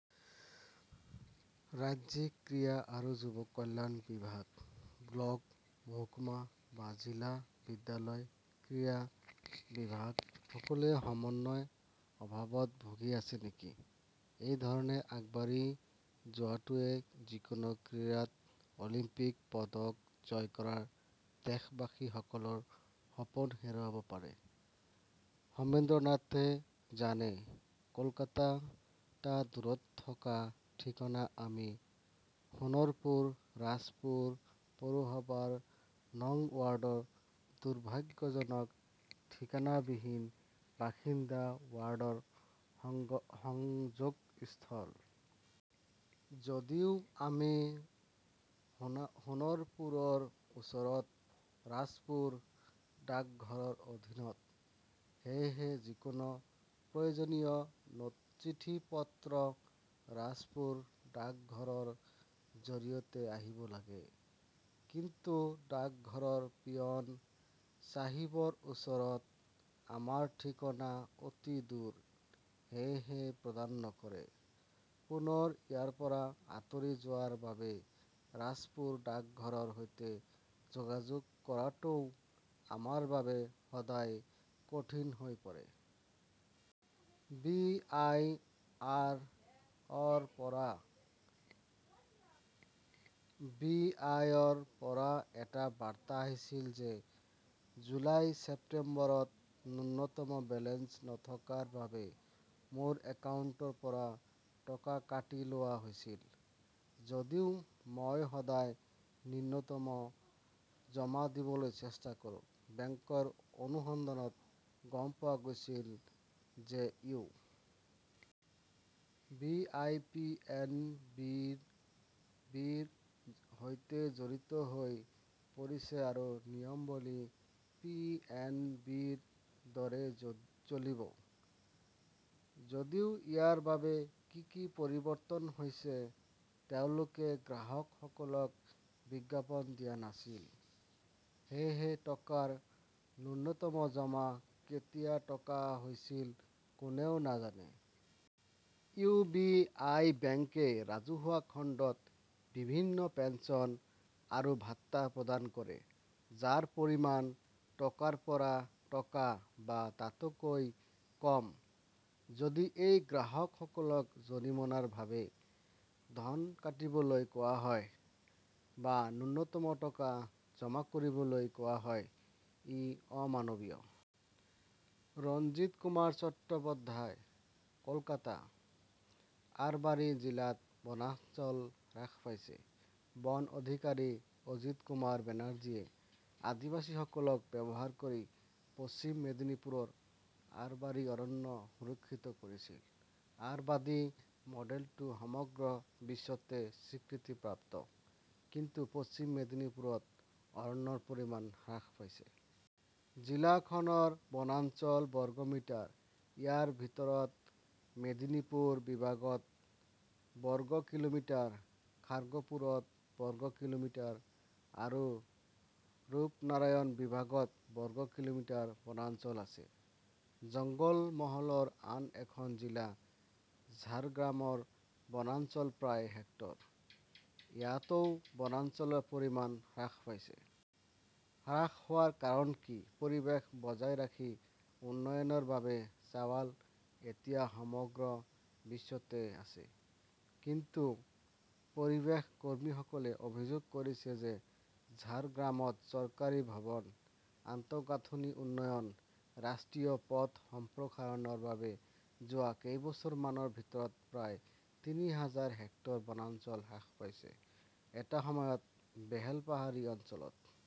ৰাজ্যিক ক্ৰীড়া আৰু যুৱ কল্যাণ বিভাগ, ব্লক, মহকুমা বা জিলা বিদ্যালয় ক্ৰীড়া বিভাগ-সকলোৱে সমন্বয়ৰ অভাৱত ভুগি আছে নেকি? এনে ধৰণে আগবাঢ়ি যোৱাটোৱে যিকোনো ক্ৰীড়াত অলিম্পিক পদক জয় কৰাৰ দেশবাসীসকলৰ সপোন হেৰুৱাব পাৰে। সৌমেন্দ্ৰনাথে জানে, কলকাতা- টা দূৰত্বত থকা ঠিকনা আমি সোণৰপুৰ ৰাজপুৰ পৌৰসভাৰ নং ৱাৰ্ডৰ দুৰ্ভাগ্যজনক ঠিকনাবিহীন বাসিন্দা, ৱাৰ্ডৰ সংযোগস্থলত। যদিও আমি সোণৰপুৰৰ ওচৰত, ৰাজপুৰ ডাকঘৰৰ অধীনত। সেয়েহে যিকোনো প্ৰয়োজনীয় চিঠিপত্ৰ ৰাজপুৰ ডাকঘৰৰ জৰিয়তে আহিব লাগে। কিন্তু ডাকঘৰৰ পিয়োন চাহিবৰ ওচৰত আমাৰ ঠিকনা অতি দূৰ, সেয়েহে প্ৰদান নকৰে। পুনৰ ইয়াৰ পৰা আঁতৰি যোৱাৰ বাবে ৰাজপুৰ ডাকঘৰৰ সৈতে যোগাযোগ কৰাটোও আমাৰ বাবে সদায় কঠিন হৈ পৰে। বি. আই. -ৰ পৰা এটা বাৰ্তা আহিছিল যে জুলাই-ছেপ্টেম্বৰত ন্যূনতম বেলেন্স নথকাৰ বাবে মোৰ একাউণ্টৰ পৰা টকা কাটি লোৱা হৈছিল। যদিও মই সদায় ন্যূনতম জমা দিবলৈ চেষ্টা কৰোঁ। বেংকৰ অনুসন্ধানত গম পোৱা গৈছিল যে U. B. I. P. N. B. -ৰ সৈতে জড়িত হৈ পৰিছে আৰু নিয়মাৱলী পি. এন. বি. -ৰ দৰে চলিব। যদিও ইয়াৰ বাবে কি কি পৰিৱৰ্তন হৈছে, তেওঁলোকে গ্ৰাহকসকলক বিজ্ঞাপন দিয়া নাছিল। সেয়েহে, টকাৰ ন্যূনতম জমা কেতিয়া টকা হৈছিল কোনেও নাজানে। ইউ. বি. আই. বেংকে ৰাজহুৱা খণ্ডত বিভিন্ন পেন্সন আৰু ভাত্তা প্ৰদান কৰে, যাৰ পৰিমাণ টকাৰ পৰা টকা বা তাতকৈ কম। যদি এই গ্ৰাহকসকলক জৰিমনাৰ বাবে ধন কাটিবলৈ কোৱা হয়, বা ন্যূনতম টকা জমা কৰিবলৈ কোৱা হয়, ই অমানৱীয়। ৰঞ্জিত কুমাৰ চট্টোপাধ্যায়, কলকাতা-। আৰবাৰী জিলাত বনাঞ্চল হ্ৰাস পাইছে। বন অধিকাৰী অজিতকুমাৰ বেনাৰ্জীয়ে আদিবাসীসকলক ব্যৱহাৰ কৰি পশ্চিম মেদিনীপুৰৰ আৰাবাৰী অৰণ্য সুৰক্ষিত কৰিছিল। আৰাবাদী মডেলটো সমগ্ৰ বিশ্বতে স্বীকৃতিপ্ৰাপ্ত। কিন্তু পশ্চিম মেদিনীপুৰত অৰণ্যৰ পৰিমাণ হ্ৰাস পাইছে। জিলাখনৰ বনাঞ্চল বৰ্গ কিলোমিটাৰ। ইয়াৰ ভিতৰত মেদিনীপুৰ বিভাগত বৰ্গ কিলোমিটাৰ, খাৰ্গপুৰত বৰ্গ কিলোমিটাৰ আৰু ৰূপনাৰায়ণ বিভাগত বৰ্গ কিলোমিটাৰ বনাঞ্চল আছে। জঙ্গলমহলৰ আন এখন জিলা ঝাৰগ্ৰামৰ বনাঞ্চল প্ৰায় হেক্টৰ। ইয়াতও বনাঞ্চলৰ পৰিমাণ হ্ৰাস পাইছে। হ্ৰাস হোৱাৰ কাৰণ কি? পৰিৱেশ বজাই ৰাখি উন্নয়নৰ বাবে চাৱাল এতিয়া সমগ্ৰ বিশ্বতে আছে। কিন্তু পৰিৱেশ কৰ্মীসকলে অভিযোগ কৰিছে যে ঝাৰগ্ৰামত চৰকাৰী ভৱন, আন্তঃগাঁথনি উন্নয়ন, ৰাষ্ট্ৰীয় পথ সম্প্ৰসাৰণৰ বাবে যোৱা কেইবছৰমানৰ ভিতৰত প্ৰায় তিনি হাজাৰ হেক্টৰ বনাঞ্চল হ্ৰাস পাইছে। এটা সময়ত বেলপাহাৰী অঞ্চলত